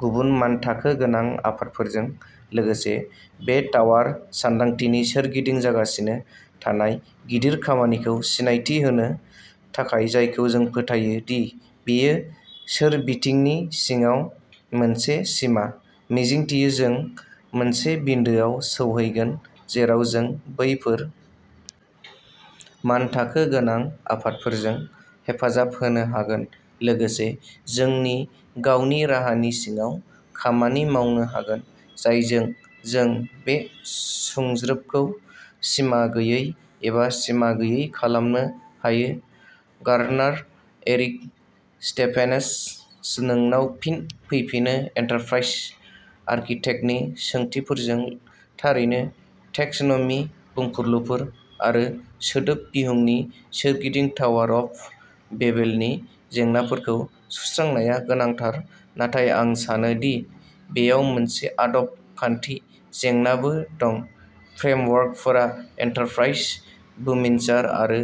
गुबुन मानथाखो गोनां आफादफोरजों लोगोसे बे टावार सानदांथिनि सोरगिदिं जागासिनो थानाय गिदिर खामानिखौ सिनायथि होनो थाखाय जायखौ जों फोथायो दि बेयो सोरबिथिंनि सिङाव मोनसे सिमा। मिजिंथियो जों मोनसे बिन्दोआव सौहैगोन जेराव जों बैफोर मानथाखो गोनां आफादफोरजों हेफाजाब होनो हागोन लोगोसे जोंनि गावनि राहानि सिङाव खामानि मावनो हागोन जायजों जों बे सुंज्रोबखौ सिमा गैयै एबा सिमा गैयै खालामनो हायो गार्डनार एरिक स्टेफेनस नोंनाव फिन फैफिनो एन्टारप्राइज आर्किटेक्टनि सोंथिफोरजों थारैनो टेक्स'न'मि बुंफुरलुफोर आरो सोदोब बिहुंनि सोरगिदिं टावार अफ बेबेलनि जेंनाफोरखौ सुस्रांनाया गोनांथार नाथाय आं सानो दि बेयाव मोनसे आदब खान्थि जेंनाबो दं फ्रेमवर्कफोरा एन्टारप्राइज बुमिनसार आरो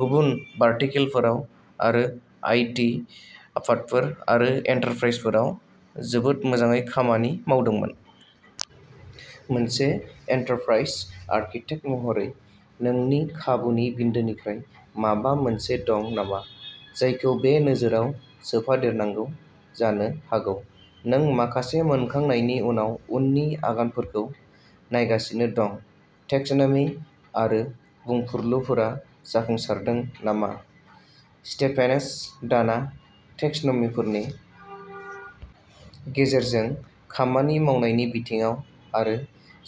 गुबुन भार्टिकेलफोराव आरो आईटी आफादफोर आरो एन्टारप्राइजफोराव जोबोद मोजाङै खामानि मावदोंमोन। मोनसे एन्टारप्राइज आर्किटेक्ट महरै नोंनि खाबुनि बिन्दोनिफ्राय माबा मोनसे दं नामा जायखौ बे नोजोरआव सोफादेरनांगौ जानो हागौ नों माखासे मोनखांनायनि उनाव उननि आगानफोरखौ नायगासिनो दं टेक्स'नमि आरो बुंफुरलुफोरा जाफुंसारदों नामा स्टेफेनस डाना टेक्स'नमिफोरनि -- गेजेरजों खामानि मावनायनि बिथिङाव आरो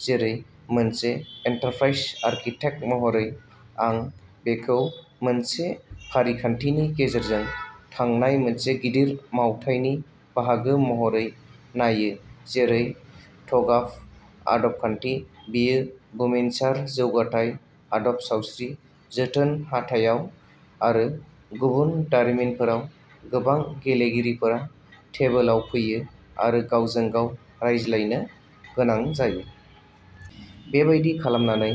जेरै मोनसे एन्टारप्राइज आर्किटेक्ट महरै आं बेखौ मोनसे फारिखान्थिनि गेजेरजों थांनाय मोनसे गिदिर मावथायनि बाहागो महरै नायो जेरै ट'गाफ आदबखान्थि बेयो बुमिनसार जौगाथाय आदब सावस्रि जोथोन हाथायाव आरो गुबुन दारिमिनफोराव गोबां गेलेगिरिफोरा टेबोलाव फैयो आरो गावजों गाव रायज्लायनो गोनां जायो। बेबादि खालामनानै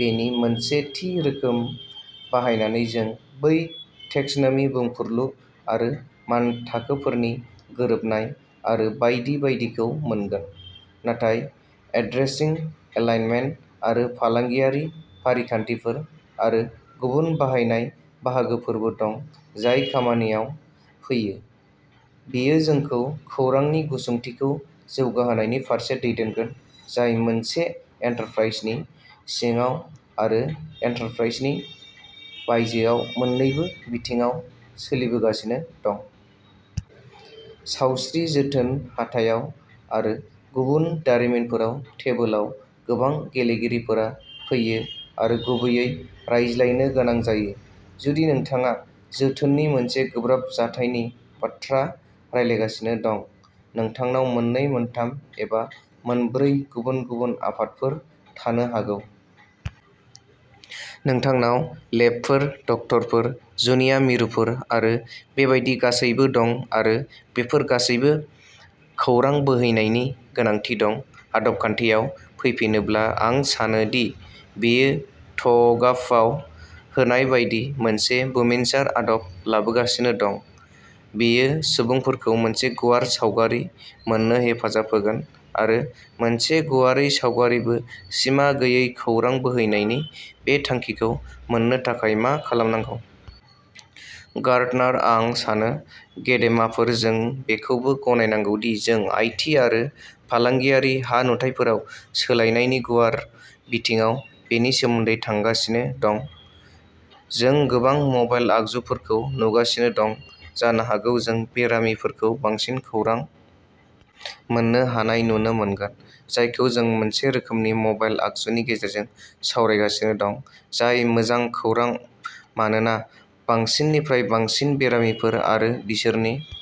बेनि मोनसे थि रोखोम बाहायनानै जों बै टेक्स'नमि बुंफुरलु आरो मानथाखोफोरनि गोरोबनाय आरो बायदि बायदिखौ मोनगोन। नाथाय एड्रेसिं एलाइनमेन्ट आरो फालांगियारि फारिखान्थिफोर आरो गुबुन बाहायनाय बाहागोफोरबो दं जाय खामानियाव फैयो। बेयो जोंखौ खौरांनि गुसुंथिखौ जौगाहोनायनि फारसे दैदेनगोन जाय मोनसे एन्टारप्राइजनि सिङाव आरो एन्टारप्राइजनि बायजोआव मोननैबो बिथिङाव सोलिबोगासिनो दं। सावस्रि जोथोन हाथायाव आरो गुबुन दारिमिनफोराव टेबोलाव गोबां गेलेगिरिफोरा फैयो आरो गुबैयै रायज्लायनो गोनां जायो जुदि नोंथाङा जोथोननि मोनसे गोब्राब जाथायनि बाथ्रा रायगासिनो दं नोंथांनाव मोननै मोनथाम एबा मोनब्रै गुबुन गुबुन आफादफोर थानो हागौ। नोंथांनाव लेबफोर डक्टरफोर जुनिया मिरुफोर आरो बेबादि गासैबो दं आरो बेफोर गासैबो खौरां बोहैनायनि गोनांथि दं आदबखान्थियाव फैफिनोब्ला आं सानो दि बेयो ट'गाफआव होनाय बायदि मोनसे बुमिनसार आदब लाबोगासिनो दं बेयो सुबुंफोरखौ मोनसे गुवार सावगारि मोननो हेफाजाब होगोन आरो मोनसे गुवारै सावगारिबो सिमा गैयै खौरां बोहैनायनि बे थांखिखौ मोन्नो थाखाय मा खालामनांगौ। गार्डनार आं सानो गेदेमाफोर जों बेखौबो गनायनांगौ दि जों आईटी आरो फालांगियारि हा नुथाइफोराव सोलायनायनि गुवार बिथिङाव बेनि सोमोन्दै थांगासिनो दं जों गोबां मबाइल आगजुफोरखौ नुगासिनो दं जानो हागौ जों बेरामिफोरखौ बांसिन खौरां -- मोन्नो हानाय नुनो मोनगोन जायखौ जों मोनसे रोखोमनि मबाइल आगजुनि गेजेरजों सावरायगासिनो दं। जाय मोजां खौरां मानोना बांसिननिफ्राय बांसिन बेरामिफोर आरो बिसोरनि --